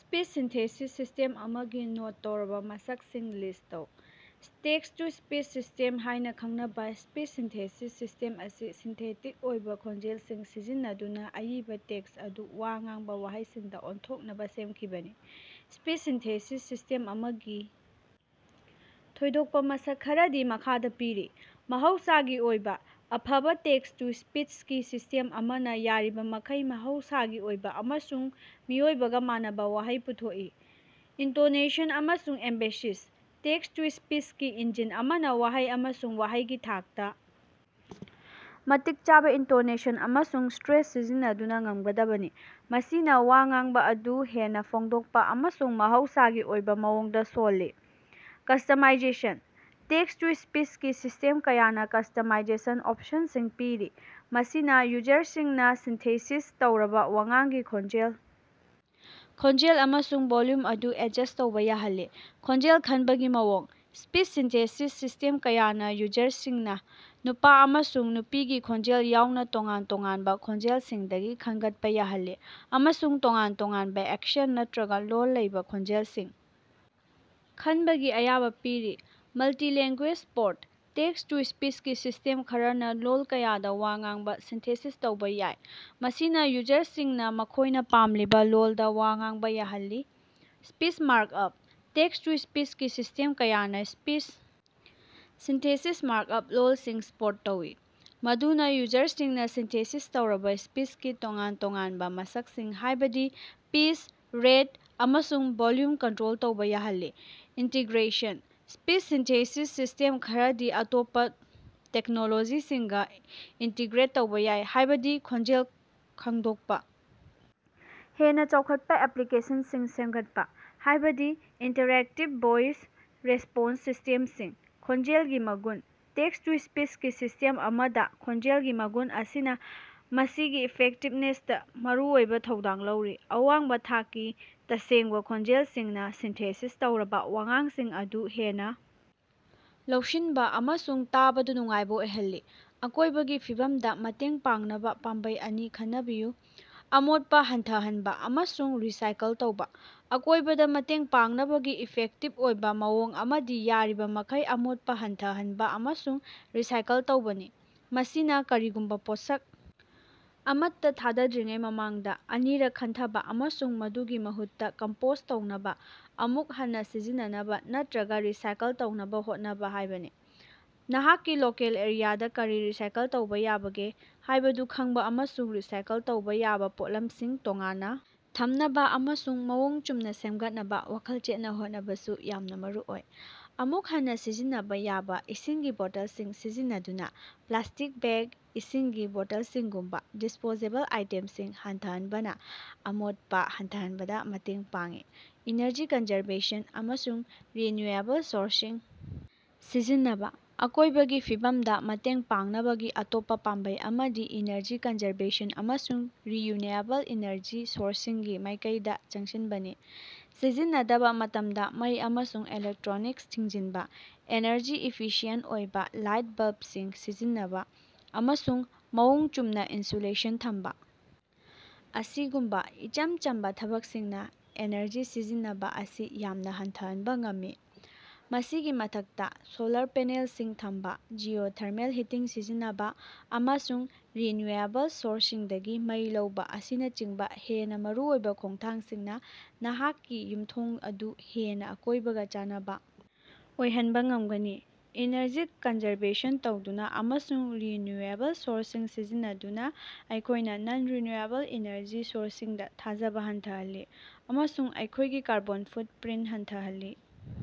Speech synthesis system ꯑꯃꯒꯤ note ꯇꯧꯔꯕ ꯃꯁꯛꯁꯤꯡ ꯂꯤꯁ ꯇꯧ꯫ ꯇꯦꯛꯁ-ꯇꯨ-ꯁ꯭ꯄꯤꯆ ꯁꯤꯁꯇꯦꯝ ꯍꯥꯏꯅ ꯈꯪꯅꯕꯥ ꯁ꯭ꯄꯤꯆ ꯁꯤꯟꯊꯦꯁꯤꯁ ꯁꯤꯁꯇꯦꯝ ꯑꯁꯤ ꯁꯤꯟꯊꯦꯇꯤꯛ ꯑꯣꯏꯕ ꯈꯣꯟꯖꯦꯜꯁꯤꯡ ꯁꯤꯖꯤꯟꯅꯗꯨꯅ ꯑꯏꯕ ꯇꯦꯛꯁ ꯑꯗꯨ ꯋꯥ ꯉꯥꯡꯕ ꯋꯥꯍꯩꯁꯤꯡꯗ ꯑꯣꯟꯊꯣꯛꯅꯕ ꯁꯦꯝꯈꯤꯕꯅꯤ꯫ ꯁ꯭ꯄꯤꯆ ꯁꯤꯟꯊꯦꯁꯤꯁ ꯁꯤꯁꯇꯦꯝ ꯑꯃꯒꯤ ꯊꯣꯏꯗꯣꯛꯄ ꯃꯁꯛ ꯈꯔꯗꯤ ꯃꯈꯥꯗ ꯄꯤꯔꯤ: ꯃꯍꯧꯁꯥꯒꯤ ꯑꯣꯏꯕ: ꯑꯐꯕ ꯇꯦꯛꯁ ꯇꯨ ꯁ꯭ꯄꯤꯁꯀꯤ ꯁꯤꯁ꯭ꯇꯦꯝ ꯑꯃꯅ ꯌꯥꯔꯤꯕꯃꯈꯩ ꯃꯍꯧꯁꯥꯒꯤ ꯑꯣꯏꯕ ꯑꯃꯁꯨꯡ ꯃꯤꯑꯣꯏꯕꯒꯥ ꯃꯥꯟꯅꯕ ꯋꯥꯍꯩ ꯄꯨꯊꯣꯛꯏ꯫ ꯏꯟꯇꯣꯅꯦꯁꯟ ꯑꯃꯁꯨꯡ ꯑꯦꯝꯕꯦꯁꯤꯁ: ꯇꯦꯛꯁ ꯇꯨ ꯁ꯭ꯄꯤꯆꯀꯤ ꯏꯟꯖꯤꯟ ꯑꯃꯅ ꯋꯥꯍꯩ ꯑꯃꯁꯨꯡ ꯋꯥꯍꯩꯒꯤ ꯊꯥꯛꯇꯥ ꯃꯇꯤꯛ ꯆꯥꯕ ꯏꯟꯇꯣꯅꯦꯁꯟ ꯑꯃꯁꯨꯡ ꯁ꯭ꯠꯔꯦꯁ ꯁꯤꯖꯤꯟꯅꯕ ꯉꯝꯒꯗꯕꯅꯤ, ꯃꯁꯤꯅ ꯋꯥ ꯉꯥꯡꯕ ꯑꯗꯨ ꯍꯦꯟꯅ ꯐꯣꯡꯗꯣꯛꯄ ꯑꯃꯁꯨꯡ ꯃꯍꯧꯁꯥꯒꯤ ꯑꯣꯏꯕ ꯃꯑꯣꯡꯗ ꯁꯣꯜꯂꯤ꯫ ꯀꯁꯇꯃꯔꯥꯏꯖꯦꯁꯟ: ꯇꯦꯛꯁ ꯇꯨ ꯁ꯭ꯄꯤꯆꯀꯤ ꯁꯤꯁꯇꯦꯝ ꯀꯌꯥꯅ ꯀꯁꯇꯃꯔꯥꯏꯖꯦꯁꯟ ꯑꯣꯞꯁꯟꯁꯤꯡ ꯄꯤꯔꯤ, ꯃꯁꯤꯅ ꯌꯨꯖꯔꯁꯤꯡꯅꯥ ꯁꯤꯟꯊꯦꯁꯤꯁ ꯇꯧꯔꯕ ꯋꯥꯉꯥꯡꯒꯤ ꯈꯣꯟꯖꯦꯜ, ꯈꯣꯡꯖꯦꯜ ꯑꯃꯁꯨꯡ ꯚꯣꯜꯌꯨꯝ ꯑꯗꯨ ꯑꯦꯠꯖꯁ ꯇꯧꯕ ꯌꯥꯍꯜꯂꯤ꯫ ꯈꯣꯟꯖꯦꯜ ꯈꯟꯕꯒꯤ ꯃꯑꯣꯡ: ꯁ꯭ꯄꯤꯆ ꯁꯤꯟꯊꯦꯁꯤꯁ ꯁꯤꯁꯇꯦꯝ ꯀꯌꯥꯅ ꯌꯨꯖꯔꯁꯤꯡꯅꯥ ꯅꯨꯄꯥ ꯑꯃꯁꯨꯡ ꯅꯨꯄꯤꯒꯤ ꯈꯣꯟꯖꯦꯜ ꯌꯥꯎꯅ ꯇꯣꯉꯥꯟ ꯇꯣꯉꯥꯟꯕ ꯈꯣꯟꯖꯦꯜꯁꯤꯡꯗꯒꯤ ꯈꯟꯒꯠꯄꯥ ꯌꯥꯍꯜꯂꯤ, ꯑꯃꯁꯨꯡ ꯇꯣꯉꯥꯟ ꯇꯣꯉꯥꯟꯕ ꯑꯦꯛꯁꯦꯟ ꯅꯠꯇ꯭ꯔꯒ ꯂꯣꯜ ꯂꯩꯕ ꯈꯣꯟꯖꯦꯜꯁꯤꯡ ꯈꯟꯕꯒꯤ ꯑꯌꯥꯕ ꯄꯤꯔꯤ꯫ ꯃꯜꯇꯤ-ꯂꯦꯡꯒꯨꯌꯦꯖ ꯁꯄꯣꯔꯠ: ꯇꯦꯛꯁ ꯇꯨ ꯁ꯭ꯄꯤꯆꯀꯤ ꯁꯤꯁꯇꯦꯝ ꯈꯔꯅꯥ ꯂꯣꯜ ꯀꯌꯥꯗ ꯋꯥ ꯉꯥꯡꯕ ꯁꯤꯟꯊꯦꯁꯤꯁ ꯇꯧꯕ ꯌꯥꯏ, ꯃꯁꯤꯅ ꯌꯨꯖꯔꯁꯤꯡꯅꯥ ꯃꯈꯣꯏꯅ ꯄꯥꯝꯂꯤꯕ ꯂꯣꯜꯗꯥ ꯋꯥ ꯉꯥꯡꯕ ꯌꯥꯍꯜꯂꯤ꯫ ꯁ꯭ꯄꯤꯆ ꯃꯥꯔꯛꯑꯞ: ꯇꯦꯛꯁ ꯇꯨ ꯁ꯭ꯄꯤꯆꯀꯤ ꯁꯤꯁꯇꯦꯝ ꯀꯌꯥꯅ ꯁ꯭ꯄꯤꯆ ꯁꯤꯟꯊꯦꯁꯤꯁ ꯃꯥꯔꯛꯑꯞ ꯂꯣꯜꯁꯤꯡ ꯁꯄꯣꯔꯠ ꯇꯧꯏ, ꯃꯗꯨꯅ ꯌꯨꯖꯔꯁꯤꯡꯅꯥ ꯁꯤꯟꯊꯦꯁꯤꯁ ꯇꯧꯔꯕ ꯁ꯭ꯄꯤꯆꯀꯤ ꯇꯣꯉꯥꯟ-ꯇꯣꯉꯥꯟꯕ ꯃꯁꯛꯁꯤꯡ, ꯍꯥꯏꯕꯗꯤ ꯄꯤꯁ, ꯔꯦꯠ, ꯑꯃꯁꯨꯡ ꯚꯣꯜꯌꯨꯝ ꯀꯟꯇ꯭ꯔꯣꯜ ꯇꯧꯕ ꯌꯥꯍꯜꯂꯤ꯫ ꯏꯟꯇꯤꯒ꯭ꯔꯦꯁꯟ: ꯁ꯭ꯄꯤꯆ ꯁꯤꯟꯊꯦꯁꯤꯁ ꯁꯤꯁꯇꯦꯝ ꯈꯔꯗꯤ ꯑꯇꯣꯞꯄ ꯇꯦꯛꯅꯣꯂꯣꯖꯤꯁꯤꯡꯒꯥ ꯏꯟꯇꯤꯒ꯭ꯔꯦꯠ ꯇꯧꯕ ꯌꯥꯏ, ꯍꯥꯏꯕꯗꯤ ꯈꯣꯟꯖꯦꯜ ꯈꯪꯗꯣꯛꯄꯥ, ꯍꯦꯟꯅ ꯆꯥꯎꯈꯠꯄ ꯑꯦꯄ꯭ꯂꯤꯀꯦꯁꯟꯁꯤꯡ ꯁꯦꯝꯒꯠꯄꯥ, ꯍꯥꯏꯕꯗꯤ ꯏꯟꯇꯔꯦꯛꯇꯤꯚ ꯚꯣꯏꯁ ꯔꯦꯁꯄꯣꯟꯁ ꯁꯤꯁꯇꯦꯝꯁꯤꯡ꯫ ꯈꯣꯟꯖꯦꯜꯒꯤ ꯃꯒꯨꯟ: ꯇꯦꯛꯁ ꯇꯨ ꯁ꯭ꯄꯤꯆꯀꯤ ꯁꯤꯁꯇꯦꯝ ꯑꯃꯗ ꯈꯣꯟꯖꯦꯜꯒꯤ ꯃꯒꯨꯟ ꯑꯁꯤꯅ ꯃꯁꯤꯒꯤ ꯏꯐꯦꯛꯇꯤꯚꯅꯦꯁꯇꯥ ꯃꯔꯨꯑꯣꯏꯕ ꯊꯧꯗꯥꯡ ꯂꯧꯔꯤ꯫ ꯑꯋꯥꯡꯕ ꯊꯥꯛꯀꯤ, ꯇꯁꯦꯡꯕꯥ ꯈꯣꯟꯖꯦꯜꯁꯤꯡꯅꯥ ꯁꯤꯟꯊꯦꯁꯤꯁ ꯇꯧꯔꯕ ꯋꯥꯉꯥꯡꯁꯤꯡ ꯑꯗꯨ ꯍꯦꯟꯅ ꯂꯧꯁꯤꯟꯕ ꯑꯃꯁꯨꯡ ꯇꯥꯕꯗ ꯅꯨꯡꯉꯥꯏꯕ ꯑꯣꯏꯍꯜꯂꯤ꯫ ꯑꯀꯣꯏꯕꯒꯤ ꯐꯤꯚꯝꯗꯥ ꯃꯇꯦꯡ ꯄꯥꯡꯅꯕ ꯄꯥꯝꯕꯩ ꯑꯅꯤ ꯈꯟꯅꯕꯤꯌꯨ꯫ ꯑꯃꯣꯠꯄ ꯍꯟꯊꯍꯟꯕꯥ ꯑꯃꯁꯨꯡ ꯔꯤꯁꯥꯏꯀꯜ ꯇꯧꯕꯥ: ꯑꯀꯣꯏꯕꯗ ꯃꯇꯦꯡ ꯄꯥꯡꯅꯕꯒꯤ ꯏꯐꯦꯛꯇꯤꯚ ꯑꯣꯏꯕ ꯃꯑꯣꯡ ꯑꯃꯗꯤ ꯌꯥꯔꯤꯕꯃꯈꯩ ꯑꯃꯣꯠꯄ ꯍꯟꯊꯍꯟꯕ ꯑꯃꯁꯨꯡ ꯔꯤꯁꯥꯏꯀꯜ ꯇꯧꯕꯅꯤ꯫ ꯃꯁꯤꯅ ꯀꯔꯤꯒꯨꯝꯕ ꯄꯣꯠꯁꯛ ꯑꯃꯠꯇ ꯊꯥꯗꯣꯛꯇ꯭ꯔꯤꯉꯩ ꯃꯃꯥꯡꯗ ꯑꯅꯤꯔꯛ ꯈꯟꯊꯕꯥ ꯑꯃꯁꯨꯡ ꯃꯗꯨꯒꯤ ꯃꯍꯨꯠꯇꯥ ꯀꯝꯄꯣꯁ ꯇꯧꯅꯕ, ꯑꯃꯨꯛ ꯍꯟꯅꯥ ꯁꯤꯖꯤꯟꯅꯅꯕ ꯅꯠꯇ꯭ꯔꯒ ꯔꯤꯁꯥꯏꯀꯜ ꯇꯧꯅꯕ ꯍꯣꯠꯅꯕ ꯍꯥꯏꯕꯅꯤ꯫ ꯅꯍꯥꯛꯀꯤ ꯂꯣꯀꯦꯜ ꯑꯦꯔꯤꯌꯥꯗ ꯀꯔꯤ ꯔꯤꯁꯥꯏꯀꯜ ꯇꯧꯕ ꯌꯥꯕꯒꯦ ꯍꯥꯏꯕꯗꯨ ꯈꯪꯕ ꯑꯃꯁꯨꯡ ꯔꯤꯁꯥꯏꯀꯜ ꯇꯧꯕ ꯌꯥꯕ ꯄꯣꯠꯂꯝꯁꯤꯡ ꯇꯣꯉꯥꯟꯅ ꯊꯝꯅꯕ ꯑꯃꯁꯨꯡ ꯃꯑꯣꯡ ꯆꯨꯝꯅꯥ ꯁꯦꯝꯒꯠꯅꯕ ꯋꯥꯈꯜ ꯆꯦꯠꯅ ꯍꯣꯠꯅꯕꯁꯨ ꯌꯥꯝꯅ ꯃꯔꯨꯑꯣꯏ꯫ ꯑꯃꯨꯛ ꯍꯟꯅꯥ ꯁꯤꯖꯤꯟꯅꯕ ꯌꯥꯕ ꯏꯁꯤꯡꯒꯤ ꯕꯣꯇꯜꯁꯤꯡ ꯁꯤꯖꯤꯟꯅꯗꯨꯅ ꯄ꯭ꯂꯥꯁꯇꯤꯛ ꯕꯦꯛ, ꯏꯁꯤꯡꯒꯤ ꯕꯣꯇꯜꯁꯤꯡꯒꯨꯝꯕ ꯗꯤꯁꯄꯣꯖꯦꯕꯜ ꯑꯥꯏꯇꯦꯝꯁꯤꯡ ꯍꯟꯊꯍꯟꯕꯅꯥ ꯑꯃꯣꯠꯄ ꯍꯟꯊꯍꯟꯕꯗꯥ ꯃꯇꯦꯡ ꯄꯥꯡꯏ꯫ ꯏꯅꯔꯖꯤ ꯀꯟꯖꯔꯕꯦꯁꯟ ꯑꯃꯁꯨꯡ ꯔꯤꯅ꯭ꯌꯨꯑꯦꯕꯜ ꯁꯣꯔꯁꯁꯤꯡ ꯁꯤꯖꯤꯟꯅꯕ: ꯑꯀꯣꯏꯕꯒꯤ ꯐꯤꯚꯝꯗ ꯃꯇꯦꯡ ꯄꯥꯡꯅꯕꯒꯤ ꯑꯇꯣꯞꯄ ꯄꯥꯝꯕꯩ ꯑꯃꯗꯤ ꯏꯅꯔꯖꯤ ꯀꯟꯖꯔꯕꯦꯁꯟ ꯑꯃꯁꯨꯡ ꯔꯤꯅ꯭ꯌꯨꯑꯦꯕꯜ ꯏꯅꯔꯖꯤ ꯁꯣꯔꯁꯁꯤꯡꯒꯤ ꯃꯥꯏꯀꯩꯗ ꯆꯪꯁꯤꯟꯕꯅꯤ꯫ ꯁꯤꯖꯤꯟꯅꯗꯕ ꯃꯇꯝꯗ ꯃꯩ ꯑꯃꯁꯨꯡ ꯏꯂꯦꯛꯇ꯭ꯔꯣꯅꯤꯛꯁ ꯊꯤꯡꯖꯤꯟꯕ, ꯑꯦꯅꯔꯖꯤ ꯏꯐꯤꯁꯤꯑꯦꯟ ꯑꯣꯏꯕ ꯂꯥꯏꯠ ꯕꯜꯕꯁꯤꯡ ꯁꯤꯖꯤꯟꯅꯕ, ꯑꯃꯁꯨꯡ ꯃꯑꯣꯡ ꯆꯨꯝꯅ ꯏꯟꯁꯨꯂꯦꯁꯟ ꯊꯝꯕ ꯑꯁꯤꯒꯨꯝꯕ ꯏꯆꯝ ꯆꯝꯕ ꯊꯕꯛꯁꯤꯡꯅꯥ ꯑꯦꯅꯔꯖꯤ ꯁꯤꯖꯤꯟꯅꯕ ꯑꯁꯤ ꯌꯥꯝꯅ ꯍꯟꯊꯍꯟꯕ ꯉꯝꯃꯤ꯫ ꯃꯁꯤꯒꯤ ꯃꯊꯛꯇꯥ, ꯁꯣꯂꯥꯔ ꯄꯦꯅꯦꯜꯁꯤꯡ ꯊꯝꯕ, ꯖꯤꯑꯣꯊꯔꯃꯦꯜ ꯍꯤꯇꯤꯡ ꯁꯤꯖꯤꯟꯅꯕ, ꯑꯃꯁꯨꯡ ꯔꯤꯅ꯭ꯌꯨꯑꯦꯕꯜ ꯁꯣꯔꯁꯁꯤꯡꯗꯒꯤ ꯃꯩ ꯂꯧꯕ ꯑꯁꯤꯅꯆꯤꯡꯕ ꯍꯦꯟꯅ ꯃꯔꯨꯑꯣꯏꯕ ꯈꯣꯡꯊꯥꯡꯁꯤꯡꯅ ꯅꯍꯥꯛꯀꯤ ꯌꯨꯝꯊꯣꯡ ꯑꯗꯨ ꯍꯦꯟꯅꯥ ꯑꯀꯣꯏꯕꯒꯥ ꯆꯥꯟꯅꯕ ꯑꯣꯏꯍꯟꯕ ꯉꯝꯒꯅꯤ꯫ ꯏꯅꯔꯖꯤ ꯀꯟꯖꯔꯕꯦꯁꯟ ꯇꯧꯗꯨꯅ ꯑꯃꯁꯨꯡ ꯔꯤꯅ꯭ꯌꯨꯑꯦꯕꯜ ꯁꯣꯔꯁꯁꯤꯡ ꯁꯤꯖꯤꯟꯅꯗꯨꯅ ꯑꯩꯈꯣꯏꯅ ꯅꯟ-ꯔꯤꯅ꯭ꯌꯨꯑꯦꯕꯜ ꯏꯅꯔꯖꯤ ꯁꯣꯔꯁꯁꯤꯡꯗꯥ ꯊꯥꯖꯕ ꯍꯟꯊꯍꯜꯂꯤ ꯑꯃꯁꯨꯡ ꯑꯩꯈꯣꯏꯒꯤ ꯀꯥꯔꯕꯣꯟ ꯐꯨꯠꯄ꯭ꯔꯤꯟ ꯍꯟꯊꯍꯜꯂꯤ꯫